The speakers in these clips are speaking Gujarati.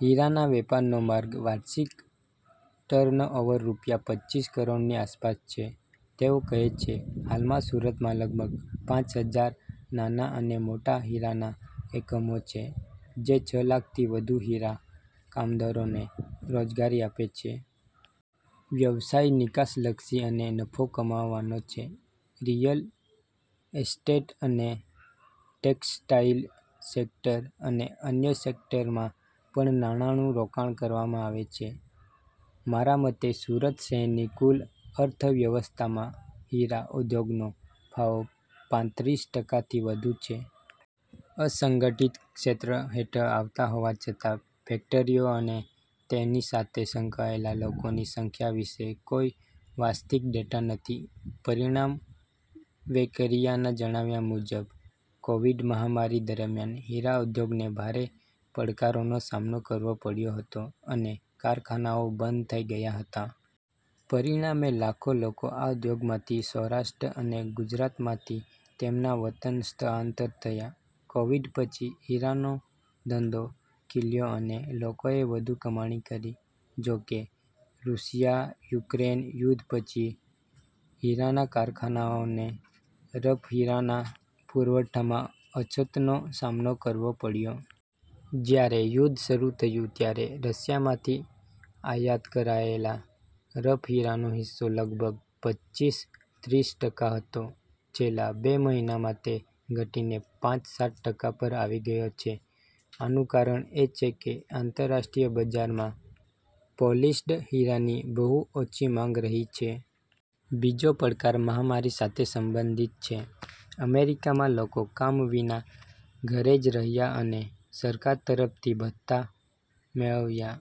હીરાના વેપારનો મારો વાર્ષિક ટર્નઓવર રૂપિયા પચ્ચીસ કરોડની આસપાસ છે. તેઓ કહે છે, હાલમાં સુરતમાં લગભગ પાંચ હજાર નાના અને મોટા હીરાના એકમો છે, જે છ લાખથી વધુ હીરા કામદારોને રોજગારી આપે છે. વ્યવસાય નિકાસલક્ષી અને નફો કમાવાનો છે. રિયલ એસ્ટેટ અને ટેક્સટાઇલ સેક્ટર અને અન્ય સેક્ટરમાં પણ નાણાંનું રોકાણ કરવામાં આવે છે. મારા મતે સુરત શહેરની કુલ અર્થવ્યવસ્થામાં હીરા ઉદ્યોગનો ફાળો પાંત્રીસ ટકાથી વધુ છે. અસંગઠિત ક્ષેત્ર હેઠળ આવતા હોવા છતાં, ફેક્ટરીઓ અને તેની સાથે સંકળાયેલા લોકોની સંખ્યા વિશે કોઈ વાસ્તવિક ડેટા નથી. પરિણામ વેકરિયાના જણાવ્યા મુજબ, કોવિડ મહામારી દરમિયાન, હીરા ઉદ્યોગને ભારે પડકારોનો સામનો કરવો પડ્યો હતો અને કારખાનાઓ બંધ થઈ ગયા હતા. પરિણામે, લાખો લોકો આ ઉદ્યોગમાંથી સૌરાષ્ટ્ર અને ઉત્તર ગુજરાતમાંથી તેમના વતન સ્થળાંતર થયા. કોવિડ પછી, હીરાનો ધંધો ખીલ્યો અને લોકોએ વધુ કમાણી કરી. જો કે, રુસિયા-યુક્રેન યુદ્ધ પછી, હીરાના કારખાનાઓને રફ હીરાના પુરવઠામાં અછતનો સામનો કરવો પડ્યો. જ્યારે યુદ્ધ શરૂ થયું, ત્યારે રશિયામાંથી આયાત કરાયેલા રફ હીરાનો હિસ્સો લગભગ પચ્ચીસ-ત્રીસ ટકા હતો. છેલ્લા બે મહિનામાં તે ઘટીને પાંચ-સાત ટકા પર આવી ગયો છે. "આનું કારણ એ છે કે, આંતરરાષ્ટ્રીય બજારમાં પોલિશ્ડ હીરાની બહુ ઓછી માંગ રહી છે. બીજો પડકાર મહામારી સાથે સંબંધિત છે. "અમેરિકામાં લોકો કામ વિના ઘરે જ રહ્યા અને સરકાર તરફથી ભથ્થાં મેળવ્યા.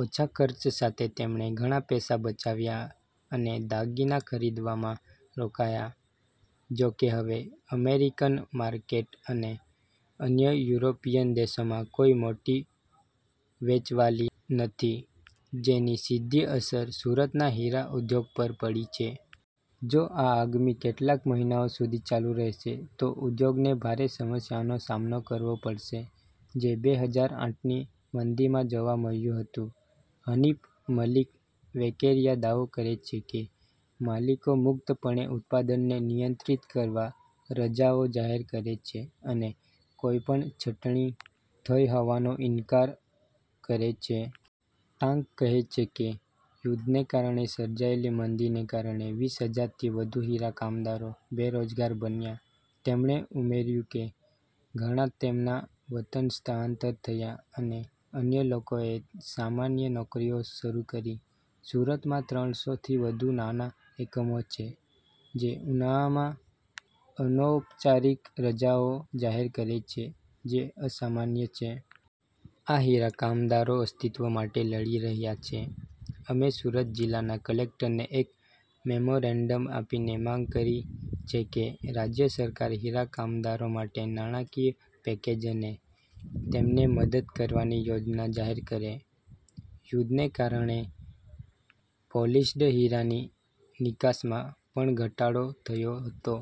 ઓછા ખર્ચ સાથે, તેમણે ઘણા પૈસા બચાવ્યા અને દાગીના ખરીદવામાં રોક્યા. જોકે, હવે અમેરિકન માર્કેટ અને અન્ય યુરોપીયન દેશોમાં કોઈ મોટી વેચવાલી નથી, જેની સીધી અસર સુરતના હીરા ઉદ્યોગ પર પડી છે. જો આ આગામી કેટલાક મહિનાઓ સુધી ચાલુ રહેશે, તો ઉદ્યોગને ભારે સમસ્યાઓનો સામનો કરવો પડશે, જે બે હજાર આઠની મંદીમાં જોવા મળ્યું હતું. હનિફ મલિક વેકેરિયા દાવો કરે છે કે, માલિકો મુક્તપણે ઉત્પાદનને નિયંત્રિત કરવા રજાઓ જાહેર કરે છે અને કોઈપણ છટણી થઈ હોવાનો ઇનકાર કરે છે. ટાંક કહે છે કે, યુદ્ધને કારણે સર્જાયેલી મંદીને કારણે, વીસ હજાર થી વધુ હીરા કામદારો બેરોજગાર બન્યા, તેમણે ઉમેર્યું કે, ઘણા તેમના વતન સ્થળાંતર થયા અને અન્ય લોકોએ સામાન્ય નોકરીઓ શરૂ કરી. સુરતમાં ત્રણ સો થી વધુ નાના એકમો છે, જે ઉનાળામાં અનૌપચારિક રજાઓ જાહેર કરે છે જે અસામાન્ય છે. આ હીરા કામદારો અસ્તિત્વ માટે લડી રહ્યા છે. અમે સુરત જિલ્લા કલેક્ટરને એક મેમોરેન્ડમ આપીને માંગ કરી છે કે, રાજ્ય સરકાર હીરા કામદારો માટે નાણાકીય પેકેજ અને તેમને મદદ કરવાની યોજના જાહેર કરે. યુદ્ધને કારણે પોલિશ્ડ હીરાની નિકાસમાં પણ ઘટાડો થયો હતો.